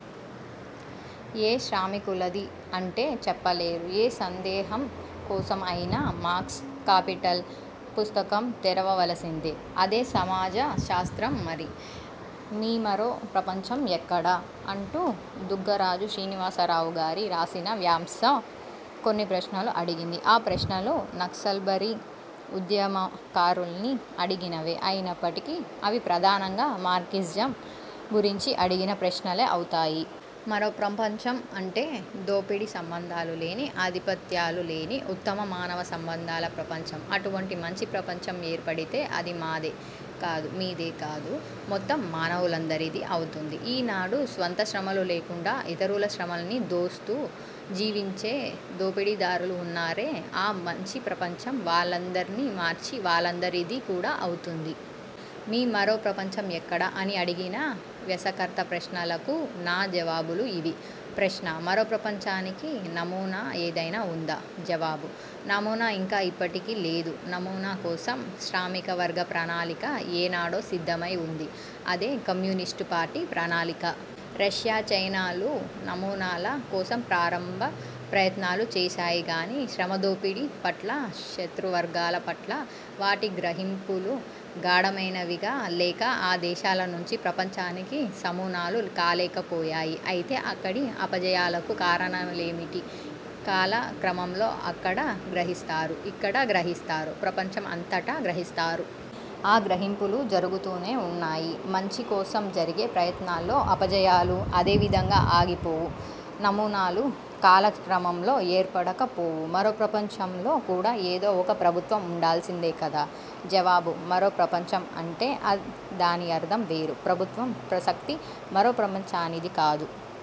''ఏ శ్రామికులది'' అంటే, చెప్పలేరు. ఏ సందేహం కోసం అయినా, మార్క్స్ ''కాపిటల్'' పుస్తకం తెరవ వలిసిందే! అదే సమాజ శాస్త్రం మరి! ''మీమరో ప్రపంచం ఎక్కడ? '' అంటూ, దుగ్గరాజు శ్రీనివాసరావు గారు రాసిన వ్యాసం కొన్ని ప్రశ్నలు అడిగింది. ఆ ప్రశ్నలు, నక్సల్బరీ ఉద్యమకారుల్ని అడిగినవే అయినప్పటికీ, అవి ప్రధానంగా ''మార్క్సిజం'' గురించి అడిగిన ప్రశ్నలే అవుతాయి. ''మరో ప్రపంచం'' అంటే, దోపిడీ సంబంధాలు లేని, ఆధిపత్యాలు లేని, ఉత్తమ మానవ సంబంధాల ప్రపంచం. అటువంటి మంచి ప్రపంచం ఏర్పడితే, అది ''మాదే'' కాదు; ''మీదే'' కాదు; మొత్తం మానవులందరిదీ అవుతుంది. ఈ నాడు, స్వంత శ్రమలు లేకుండా ఇతరుల శ్రమల్ని దోస్తూ జీవించే దోపిడీదారులు వున్నారే, ఆ మంచి ప్రపంచం, వాళ్ళందర్నీ మార్చి, వాళ్ళందరిదీ కూడా అవుతుంది. ''మీ మరో ప్రపంచం ఎక్కడ? '' అని అడిగిన వ్యాసకర్త ప్రశ్నలకు నా జవాబులు ఇవి: ప్రశ్న: మరో ప్రపంచానికి నమూనా ఏదైనా వుందా? జవాబు: నమూనా ఇంకా ఇప్పటికి లేదు. నమూనా కోసం, శ్రామిక వర్గ ప్రణాళిక ఏ నాడో సిద్ధమై వుంది. అదే 'కమ్యూనిస్టు పార్టీ ప్రణాళిక'. రష్యా–చైనాలు, నమూనాల కోసం ప్రారంభ ప్రయత్నాలు చేశాయి గానీ, ''శ్రమ దోపిడీ'' పట్లా, ''శతృ వర్గాల'' పట్లా, వాటి గ్రహింపులు గాఢమైనవిగా లేక, ఆ దేశాలు మంచి ప్రపంచానికి నమూనాలు కాలేకపోయాయి. అయితే, అక్కడి అపజయాలకు కారణాలేమిటో కాల క్రమంలో అక్కడా గ్రహిస్తారు, ఇక్కడా గ్రహిస్తారు, ప్రపంచం అంతటా గ్రహిస్తారు. ఆ గ్రహింపులు జరుగుతూనే వున్నాయి. ''మంచి'' కోసం జరిగే ప్రయత్నాల్లో అపజయాలు అదే విధంగా ఆగిపోవు. నమూనాలు కాల క్రమంలో ఏర్పడక పోవు. మరో ప్రపంచంలో కూడా ఏదో ఒక ప్రభుత్వం ఉండాల్సిందే కదా? జవాబు: ''మరో ప్రపంచం'' అంటే, దాని అర్ధం వేరు. ''ప్రభుత్వం'' ప్రసక్తి, మరో ప్రపంచానిది కాదు.